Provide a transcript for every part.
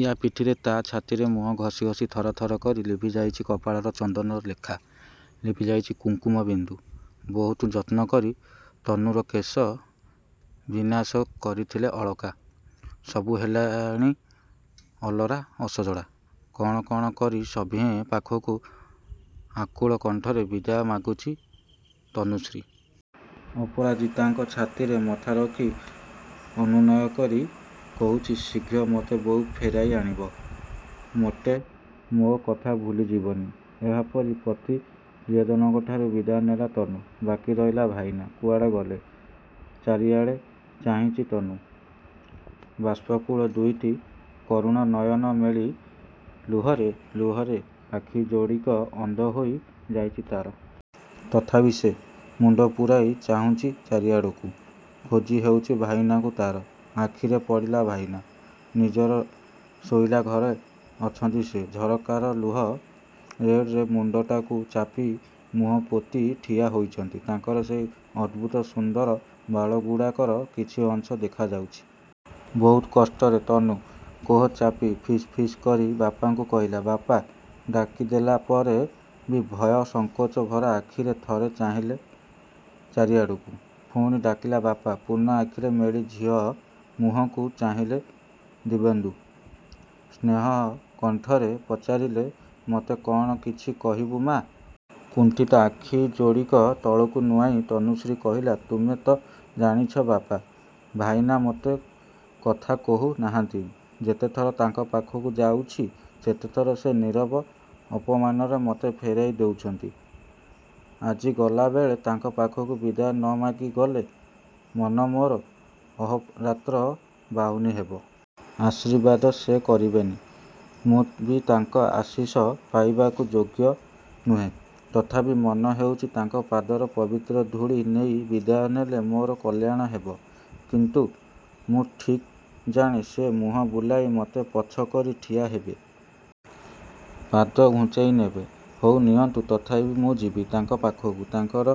ଇଆ ପିଠିରେ, ତା' ଛାତିରେ ମୁହଁ ଘସି ଘସି ଥର ଥର କରି ଲିଭି ଯାଉଛି କପାଳର ଚନ୍ଦନ ଲେଖା। ଲିଭି ଯାଉଛି କୁଙ୍କୁମ ବିନ୍ଦୁ। ବହୁତ ଯତ୍ନ କରି ତନୁର କେଶ ବିନ୍ୟାସ କରିଥିଲେ ଅଳକା। ସବୁ ହେଲାଣି ଅଲରା, ଅସଜଡ଼ା। କଣ କଣ କରି ସଭିଙ୍କ ପାଖରୁ ଆକୁଳ କଣ୍ଠରେ ବିଦାୟ ମାଗୁଛି ତନୁଶ୍ରୀ। ଅପରାଜିତାଙ୍କ ଛାତିରେ ମଥା ରଖି ଅନୁନୟ କରି କହୁଛି ଶୀଘ୍ର ମୋତେ ବୋଉ ଫେରାଇ ଆଣିବ। ମୋଟେ ମୋ କଥା ଭୁଲି ଯିବନି। ଏହିପରି ପ୍ରତି ପ୍ରିୟଜନଙ୍କଠାରୁ ବିଦାୟ ନେଲା ତନୁ। ବାକି ରହିଲେ ଭାଇନା। କୁଆଡ଼େ ଗଲେ, ଚାରିଆଡ଼କୁ ଚାହୁଁଛି ତନୁ। ବାଷ୍ପାକୁଳ ଦୁଇଟି କରୁଣ ନୟନ ମେଲି ଲୁହରେ ଲୁହରେ ଆଖି ଯୋଡ଼ିକ ଅନ୍ଧ ହୋଇ ଯାଉଛି ତା'ର। ତଥାପି ସେ ମୁଣ୍ଡ ଘୂରାଇ ଚାହୁଁଛି ଚାରିଆଡ଼କୁ। ଖୋଜି ହେଉଛି ଭାଇନାଙ୍କୁ ତା'ର। ଆଖିରେ ପଡ଼ିଲେ ଭାଇନା। ନିଜର ଶୋଇଲା ଘରେ ଅଛନ୍ତି ସିଏ। ଝରକାର ଲୁହା ରଡ୍‌ରେ ମୁଣ୍ଡଟାକୁ ଚାପି ମୁହଁ ପୋତି ଠିଆ ହୋଇଛନ୍ତି। ତାଙ୍କର ସେଇ ଅଦ୍ଭୁତ ସୁନ୍ଦର ବାଳଗୁଡ଼ିକର କିଛି ଅଂଶ ଦେଖାଯାଉଛି। ବହୁ କଷ୍ଟରେ ତନୁ କୋହ ଚାପି ଫିସ୍ ଫିସ୍ କରି ବାପାଙ୍କୁ କହିଲା, ବାପା! ଡାକିଦେଲା ପରେ ବି ଭୟ ସଂକୋଚ ଭରା ଆଖିରେ ଥରେ ଚାହିଁଲା ଚାରିଆଡ଼କୁ। ପୁଣି ଡାକିଲା ବାପା ପୂର୍ଣ୍ଣ ଆଖି ମେଲି ଝିଅ ମୁହଁକୁ ଚାହିଁଲେ ଦିବ୍ୟେନ୍ଦୁ। ସସ୍ନେହ କଣ୍ଠରେ ପଚାରିଲେ ମତେ କ'ଣ କିଛି କହିବୁ ମାଆ? କୁଣ୍ଠିତ ଆଖି ଯୋଡ଼ିକ ତଳକୁ ନୁଆଁଇ ତନୁଶ୍ରୀ କହିଲା ତୁମେ ତ ଜାଣିଛ ବାପା, ଭାଇନା ମୋତେ କଥା କହୁ ନାହାନ୍ତି। ଯେତେଥର ତାଙ୍କ ପାଖକୁ ଯାଇଛି ସେତେଥର ସେ ନୀରବ ଅପମାନରେ ମତେ ଫେରାଇ ଦେଇଛନ୍ତି। ଆଜି ଗଲା ବେଳେ ତାଙ୍କ ପାଖରୁ ବିଦାୟ ନ ମାଗି ଗଲେ ମନ ମୋର ଅହୋରାତ୍ର ବାହୁନି ହେବ। ଆଶୀର୍ବାଦ ସେ କରିବେନି। ମୁଁ ବି ତାଙ୍କର ଆଶୀଷ ପାଇବାକୁ ହୁଏତ ଯୋଗ୍ୟ ନୁହେଁ। ତଥାପି ମନେ ହେଉଛି ତାଙ୍କ ପାଦର ପବିତ୍ର ଧୂଳି ନେଇ ବିଦାୟ ନେଲେ ମୋର କଲ୍ୟାଣ ହେବ। କିନ୍ତୁ ମୁଁ ଠିକ୍ ଜାଣେ ସେ ମୁହଁ ବୁଲାଇ ମତେ ପଛ କରି ଠିଆ ହେବେ। ପାଦ ଘୁଞ୍ଚାଇ ନେବେ। ହଉ ନିଅନ୍ତୁ। ତଥାପି ମୁଁ ଯିବି ତାଙ୍କ ପାଖକୁ। ତାଙ୍କର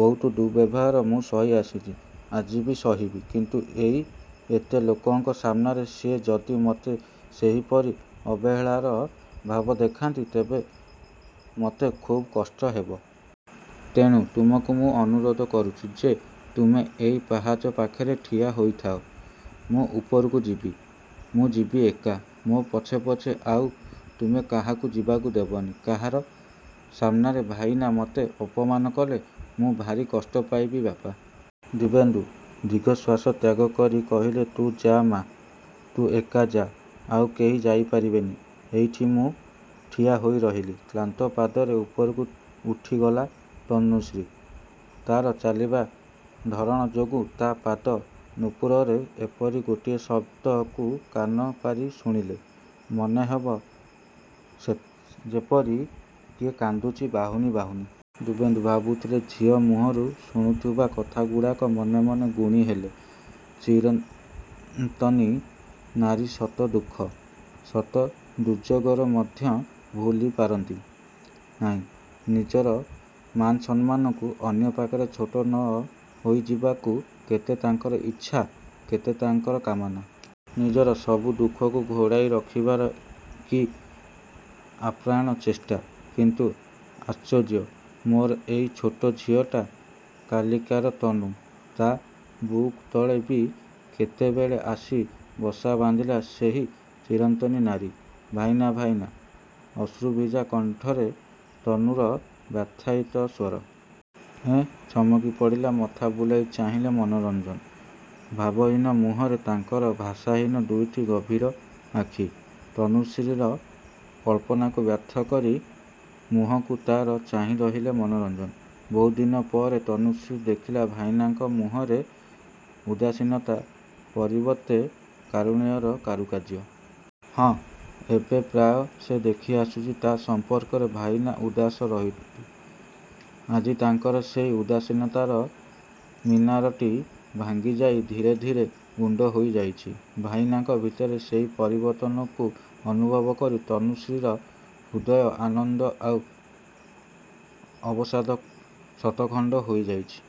ବହୁତ ଦୁର୍ବ୍ୟବହାର ମୁଁ ସହି ଆସିଛି। ଆଜି ବି ସହିବି। କିନ୍ତୁ ଏଇ ଏତେ ଲୋକଙ୍କ ସାମନାରେ ସେ ଯଦି ମତେ ସେହିପରି ଅବହେଳାର ଭାବ ଦେଖାନ୍ତି ତେବେ ମତେ ଖୁବ୍ କଷ୍ଟ ହେବ। ତେଣୁ ତୁମକୁ ମୁଁ ଅନୁରୋଧ କରୁଛି ଯେ ତୁମେ ଏଇ ପାହାଚ ପାଖରେ ଠିଆ ହୋଇଥାଅ। ମୁଁ ଉପରକୁ ଯିବି। ମୁଁ ଯିବି ଏକା। ମୋ ପଛେ ପଛେ ଆଉ ତୁମେ କାହାକୁ ଯିବାକୁ ଦେବନି। କାହାରି ସାମନାରେ ଭାଇନା ମୋତେ ଅପମାନ କଲେ ମୁଁ ଭାରି କଷ୍ଟ ପାଇବି, ବାପା। ଦିବ୍ୟେନ୍ଦୁ ଦୀର୍ଘଶ୍ୱାସ ତ୍ୟାଗ କରି କହିଲେ ତୁ ଯା ମାଆ, ତୁ ଏକା ଯାଆ। ଆଉ କେହି ଯାଇ ପାରିବେନି। ଏଇଠି ମୁଁ ଠିଆ ହୋଇ ରହିଲି। କ୍ଳାନ୍ତ ପାଦରେ ଉପରକୁ ଉଠି ଗଲା ତନୁଶ୍ରୀ। ତା'ର ଚାଲିବା ଧରଣ ଯୋଗୁଁ ତା' ପାଦ ନୂପୁରରେ ଏପରି ଗୋଟିଏ ଶବ୍ଦକୁ କାନ ପାରି ଶୁଣିଲେ ମନେ ହେବ ସତେଯେପରି କିଏ କାନ୍ଦୁଛି ବାହୁନି ବାହୁନି। ଦିବ୍ୟେନ୍ଦୁ ଭାବୁଥିଲେ ଝିଅ ମୁହଁରୁ ଶୁଣିଥିବା କଥାଗୁଡ଼ିକ। ମନେ ମନେ ଗୁଣି ହେଲେ, ଚିରନ୍ତନୀ ନାରୀ ଶତ ଦୁଃଖ, ଶତ ଦୁର୍ଯୋଗରେ ମଧ୍ୟ ଭୁଲି ପାରନ୍ତି ନାହିଁ ନିଜର ମାନସମ୍ମାନକୁ। ଅନ୍ୟ ପାଖରେ ଛୋଟ ନ ହୋଇ ଯିବାକୁ କେତେ ତାଙ୍କର ଇଚ୍ଛା, କେତେ ତାଙ୍କର କାମନା। ନିଜର ସବୁ ଦୁଃଖକୁ ଘୋଡ଼ାଇ ରଖିବାର କି ଆପ୍ରାଣ ଚେଷ୍ଟା! କିନ୍ତୁ ଆଶ୍ଚର୍ଯ୍ୟ! ମୋର ଏଇ ଛୋଟ ଝିଅଟା। କାଲିକାର ତନୁ ତା' ବୁକୁ ତଳେ ବି କେତେବେଳେ ଆସି ବସା ବାନ୍ଧିଲା ସେହି ଚିରନ୍ତନୀ ନାରୀ। ଭାଇନା ଭାଇନା। ଅଶ୍ରୁଭିଜା କଣ୍ଠରେ ତନୁର ବ୍ୟଥାୟିତ ସ୍ୱର। ଏଁ, ଚମକି ପଡ଼ି ମଥା ବୁଲାଇ ଚାହିଁଲେ ମନୋରଞ୍ଜନ। ଭାବହୀନ ମୁହଁରେ ତାଙ୍କର ଭାଷାହୀନ ଦୁଇଟି ଗଭୀର ଆଖି। ତନୁଶ୍ରୀର କଳ୍ପନାକୁ ବ୍ୟର୍ଥ କରି ମୁହଁକୁ ତା'ର ଚାହିଁ ରହିଲେ ମନୋରଞ୍ଜନ। ବହୁଦିନ ପରେ ତନୁଶ୍ରୀ ଦେଖିଲା ଭାଇନାଙ୍କ ମୁହଁରେ ଉଦାସୀନତା ପରିବର୍ତ୍ତେ କାରୁଣ୍ୟର କାରୁକାର୍ଯ୍ୟ। ହଁ, ଏବେ ପ୍ରାୟ ସେ ଦେଖି ଆସୁଛି ତା' ସମ୍ପର୍କରେ ଭାଇନା ଉଦାସ ରହନ୍ତି। ଆଜି ତାଙ୍କର ସେଇ ଉଦାସୀନତାର ମିନାରଟି ଭାଙ୍ଗି ଯାଇ ଧୀରେ ଧୀରେ ଗୁଣ୍ଡ ହୋଇ ଯାଉଛି। ଭାଇନାଙ୍କ ଭିତରେ ସେଇ ପରିବର୍ତ୍ତନକୁ ଅନୁଭବ କରି ତନୁଶ୍ରୀର ହୃଦୟ ଆନନ୍ଦ, ଆଉ ଅବସାଦରେ ଶତଖଣ୍ଡ ହୋଇ ଯାଉଛି।